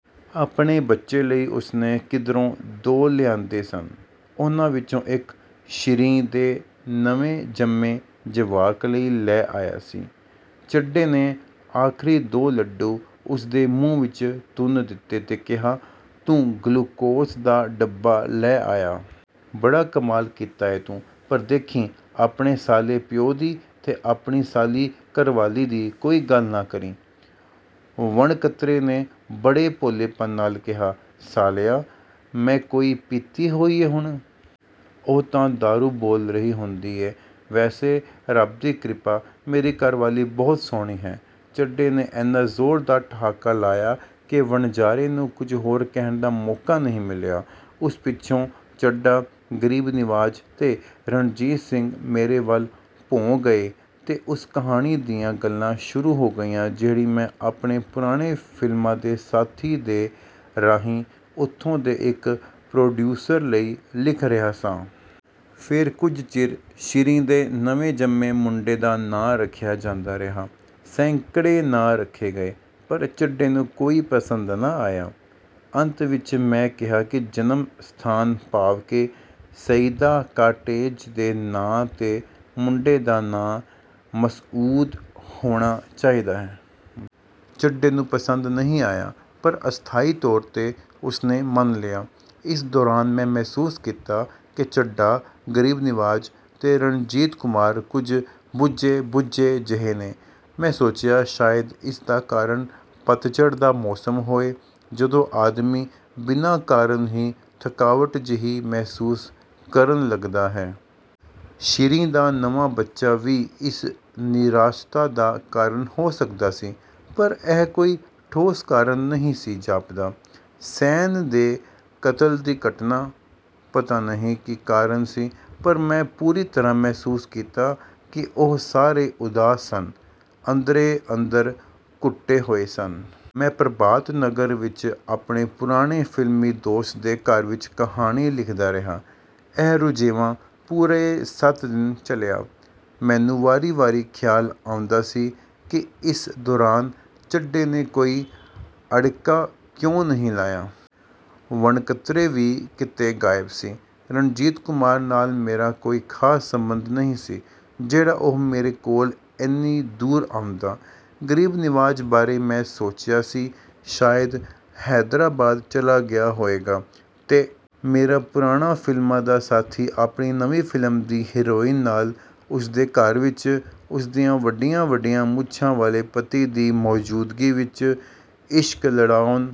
ਆਪਣੇ ਬੱਚੇ ਲਈ ਉਸਨੇ ਕਿਧਰੋਂ ਦੋ ਲਿਆਂਦੇ ਸਨ, ਉਹਨਾਂ ਵਿਚੋਂ ਇਕ ਸ਼ੀਰੀਂ ਦੇ ਨਵੇਂ ਜੰਮੇ ਜਵਾਕ ਲਈ ਲੈ ਆਇਆ ਸੀ। ਚੱਡੇ ਨੇ ਆਖਰੀ ਦੋ ਲੱਡੂ ਉਸਦੇ ਮੂੰਹ ਵਿਚ ਤੁੰਨ ਦਿੱਤੇ ਤੇ ਕਿਹਾ, "ਤੂੰ ਗਲੂਕੋਸ ਦਾ ਡੱਬਾ ਲੈ ਆਇਆ। ਬੜਾ ਕਮਾਲ ਕੀਤਾ ਏ ਤੂੰ ਪਰ ਦੇਖੀਂ, ਆਪਣੇ ਸਾਲੇ ਪਿਉ ਦੀ ਤੇ ਆਪਣੀ ਸਾਲੀ ਘਰਵਾਲੀ ਦੀ, ਕੋਈ ਗੱਲ ਨਾ ਕਰੀਂ। " ਵਣਕਤਰੇ ਨੇ ਬੜੇ ਭੋਲੇਪਨ ਨਾਲ ਕਿਹਾ, "ਸਾਲਿਆ, ਮੈਂ ਕੋਈ ਪੀਤੀ ਹੋਈ ਏ ਹੁਣ? ਉਹ ਤਾਂ ਦਾਰੂ ਬੋਲ ਰਹੀ ਹੁੰਦੀ ਏ ਵੈਸੇ ਰਬ ਦੀ ਕ੍ਰਿਪਾ, ਮੇਰੀ ਘਰਵਾਲੀ ਬਹੁਤ ਸੋਹਣੀ ਹੈ। "ਚੱਡੇ ਨੇ ਏਨਾ ਜ਼ੋਰਦਾਰ ਠਹਾਕਾ ਲਾਇਆ ਕਿ ਵਣਜਾਰੇ ਨੂੰ ਕੁਝ ਹੋਰ ਕਹਿਣ ਦਾ ਮੌਕਾ ਨਹੀਂ ਮਿਲਿਆ। ਉਸ ਪਿੱਛੋਂ ਚੱਡਾ, ਗਰੀਬ ਨਿਵਾਜ ਤੇ ਰਣਜੀਤ ਸਿੰਘ ਮੇਰੇ ਵੱਲ ਭੌਂ ਗਏ ਤੇ ਉਸ ਕਹਾਣੀ ਦੀਆਂ ਗੱਲਾਂ ਸ਼ੁਰੂ ਹੋ ਗਈਆਂ ਜਿਹੜੀ ਮੈਂ ਆਪਣੇ ਪੁਰਾਣੇ ਫ਼ਿਲਮਾਂ ਦੇ ਸਾਥੀ ਦੇ ਰਾਹੀਂ ਉੱਥੋਂ ਦੇ ਇਕ ਪ੍ਰੋਡਿਊਸਰ ਲਈ ਲਿਖ ਰਿਹਾ ਸਾਂ। ਫੇਰ ਕੁਝ ਚਿਰ ਸ਼ੀਰੀਂ ਦੇ ਨਵੇਂ ਜੰਮੇ ਮੁੰਡੇ ਦਾ ਨਾਂਅ ਰੱਖਿਆ ਜਾਂਦਾ ਰਿਹਾ। ਸੈਂਕੜੇ ਨਾਂਅ ਰੱਖੇ ਗਏ, ਪਰ ਚੱਡੇ ਨੂੰ ਕੋਈ ਪਸੰਦ ਨਾ ਆਇਆ। ਅੰਤ ਵਿਚ ਮੈਂ ਕਿਹਾ ਕਿ ਜਨਮ ਸਥਾਨ ਭਾਵ ਕਿ ਸਈਦਾ ਕਾਟੇਜ ਦੇ ਨਾਂਅ 'ਤੇ ਮੁੰਡੇ ਦਾ ਨਾਂਅ ਮਸਊਦ ਹੋਣਾ ਚਾਹੀਦਾ ਹੈ। ਚੱਡੇ ਨੂੰ ਪਸੰਦ ਨਹੀਂ ਆਇਆ, ਪਰ ਅਸਥਾਈ ਤੌਰ 'ਤੇ ਉਸਨੇ ਮੰਨ ਲਿਆ। ਇਸ ਦੌਰਾਨ ਮੈਂ ਮਹਿਸੂਸ ਕੀਤਾ ਕਿ ਚੱਡਾ, ਗਰੀਬ ਨਿਵਾਜ ਤੇ ਰਣਜੀਤ ਕੁਮਾਰ ਕੁਝ ਬੁਝੇ-ਬੁਝੇ ਜਿਹੇ ਨੇ। ਮੈਂ ਸੋਚਿਆ, ਸ਼ਾਇਦ ਇਸ ਦਾ ਕਾਰਨ ਪਤਝੜ ਦਾ ਮੌਸਮ ਹੋਏ, ਜਦੋਂ ਆਦਮੀ ਬਿਨਾਂ ਕਾਰਨ ਹੀ ਥਕਾਵਟ ਜਿਹੀ ਮਹਿਸੂਸ ਕਰਨ ਲੱਗਦਾ ਹੈ। ਸ਼ੀਰੀਂ ਦਾ ਨਵਾਂ ਬੱਚਾ ਵੀ ਇਸ ਨਿਰਾਸਤਾ ਦਾ ਕਾਰਨ ਹੋ ਸਕਦਾ ਸੀ, ਪਰ ਇਹ ਕੋਈ ਠੋਸ ਕਾਰਨ ਨਹੀਂ ਸੀ ਜਾਪਦਾ। ਸੈਨ ਦੇ ਕਤਲ ਦੀ ਘਟਨਾ? ਪਤਾ ਨਹੀਂ ਕੀ ਕਾਰਨ ਸੀ ਪਰ ਮੈਂ ਪੂਰੀ ਤਰ੍ਹਾਂ ਮਹਿਸੂਸ ਕੀਤਾ ਕਿ ਉਹ ਸਾਰੇ ਉਦਾਸ ਸਨ; ਅੰਦਰੇ-ਅੰਦਰ ਘੁੱਟੇ ਹੋਏ ਸਨ। ਮੈਂ ਪ੍ਰਭਾਤ ਨਗਰ ਵਿਚ ਆਪਣੇ ਪੁਰਾਣੇ ਫਿਲਮੀਂ ਦੋਸਤ ਦੇ ਘਰ ਵਿਚ ਕਹਾਣੀ ਲਿਖਦਾ ਰਿਹਾ। ਇਹ ਰੁਝੇਵਾਂ ਪੂਰੇ ਸੱਤ ਦਿਨ ਚੱਲਿਆ। ਮੈਨੂੰ ਵਾਰੀ-ਵਾਰੀ ਖਿਆਲ ਆਉਂਦਾ ਸੀ ਕਿ ਇਸ ਦੌਰਾਨ ਚੱਡੇ ਨੇ ਕੋਈ ਅੜਿਕਾ ਕਿਉਂ ਨਹੀਂ ਲਾਇਆ। ਵਣਕਤਰੇ ਵੀ ਕਿਤੇ ਗਾਇਬ ਸੀ। ਰਣਜੀਤ ਕੁਮਾਰ ਨਾਲ ਮੇਰਾ ਕੋਈ ਖਾਸ ਸਬੰਧ ਨਹੀਂ ਸੀ, ਜਿਹੜਾ ਉਹ ਮੇਰੇ ਕੋਲ ਏਨੀ ਦੂਰ ਆਉਂਦਾ। ਗਰੀਬ ਨਿਵਾਜ ਬਾਰੇ ਮੈਂ ਸੋਚਿਆ ਸੀ, ਸ਼ਾਇਦ ਹੈਦਰਾਬਾਦ ਚਲਾ ਗਿਆ ਹੋਏਗਾ। ਤੇ ਮੇਰਾ ਪੁਰਾਣਾ ਫਿਲਮਾਂ ਦਾ ਸਾਥੀ ਆਪਣੀ ਨਵੀਂ ਫਿਲਮ ਦੀ ਹੀਰੋਇਨ ਨਾਲ, ਉਸਦੇ ਘਰ ਵਿਚ, ਉਸਦੀਆਂ ਵੱਡੀਆਂ-ਵੱਡੀਆਂ ਮੁੱਛਾਂ ਵਾਲੇ ਪਤੀ ਦੀ ਮੌਜੂਦਗੀ ਵਿਚ, ਇਸ਼ਕ ਲੜਾਉਣ